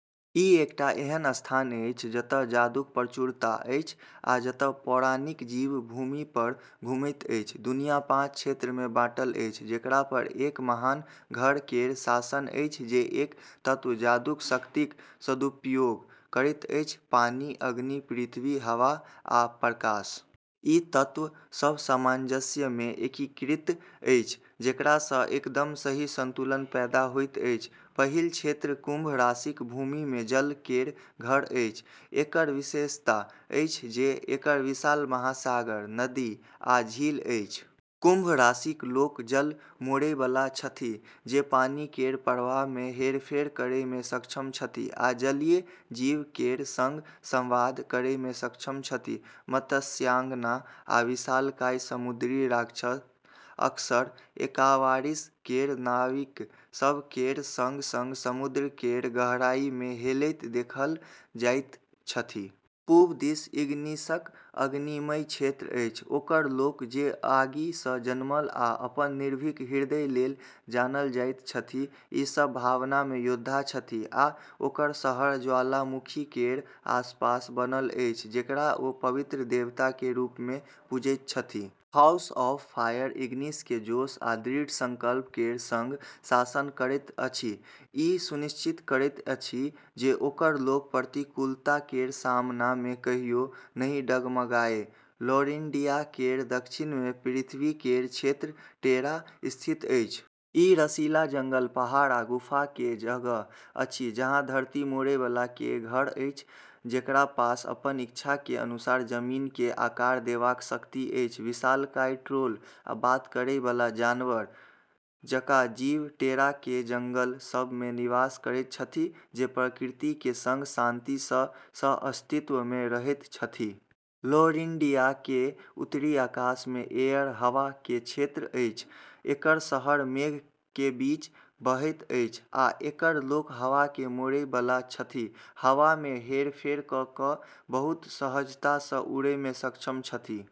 ई एकटा एहन स्थान अछि जतए जादूक प्रचुरता अछि आ जतए पौराणिक जीव भूमि पर घुमैत अछि। दुनिया पाँच क्षेत्र मे बाँटल अछि, जेकरा पर एक महान घर केर शासन अछि जे एक तत्व जादूक शक्तिक सदुपयोग करैत अछि- पानी, अग्नि, पृथ्वी, हवा, आ प्रकाश। ई तत्व सभ सामंजस्य मे एकीकृत अछि, जेकरा सँ एकदम सही संतुलन पैदा होइत अछि। पहिल क्षेत्र कुंभ राशिक भूमि मे जल केर घर अछि। एकर विशेषता अछि जे एकर विशाल महासागर, नदी, आ झील अछि। कुंभ राशिक लोक जल-मोड़ै बला छथि, जे पानी केर प्रवाह मे हेरफेर करै मे सक्षम छथि आ जलीय जीव केर सँग संवाद करै मे सक्षम छथि। मत्स्यांगना आ विशालकाय समुद्री राक्षस अक्सर एक्वारिस केर नाविक सभ केर सँग-सँग समुद्र केर गहराई मे हेलैत देखल जाइत छथि। पूब दिस इग्निसक अग्निमय क्षेत्र अछि; ओकर लोक जे आगि सँ जन्मल आ अपन निर्भीक हृदय लेल जानल जाइत छथि। ई सभ भावना मे योद्धा छथि आ ओकर शहर ज्वालामुखी केर आसपास बनल अछि, जेकरा ओ पवित्र देवता केर रूप मे पूजैत छथि। हाउस ऑफ फायर इग्निस केँ जोश आ दृढ़ संकल्प केर सँग शासन करैत अछि, ई सुनिश्चित करैत अछि जे ओकर लोक प्रतिकूलता केर सामना मे कहियो नहि डगमगाए। लोरिंडिया केर दक्षिण मे पृथ्वी केर क्षेत्र टेरा स्थित अछि। ई रसीला जंगल, पहाड़, आ गुफा केर जगह अछि, जहाँ धरती-मोड़ै बला केर घर अछि, जेकरा पास अपन इच्छा केर अनुसार जमीन केर आकार देबाक शक्ति अछि। विशालकाय ट्रोल आ बात करै बला जानवर जकाँ जीव टेरा केर जंगल सभ मे निवास करैत छथि, जे प्रकृति केर सँग शांति सँ सह-अस्तित्व मे रहैत छथि। लोरिंडिया केर उत्तरी आकाश मे एयर, हवा केर क्षेत्र अछि। एकर शहर मेघ केर बीच बहैत अछि, आ एकर लोक हवा केँ मोड़ै बला छथि, हवा मे हेरफेर कऽ कऽ बहुत सहजता सँ उड़ै मे सक्षम छथि।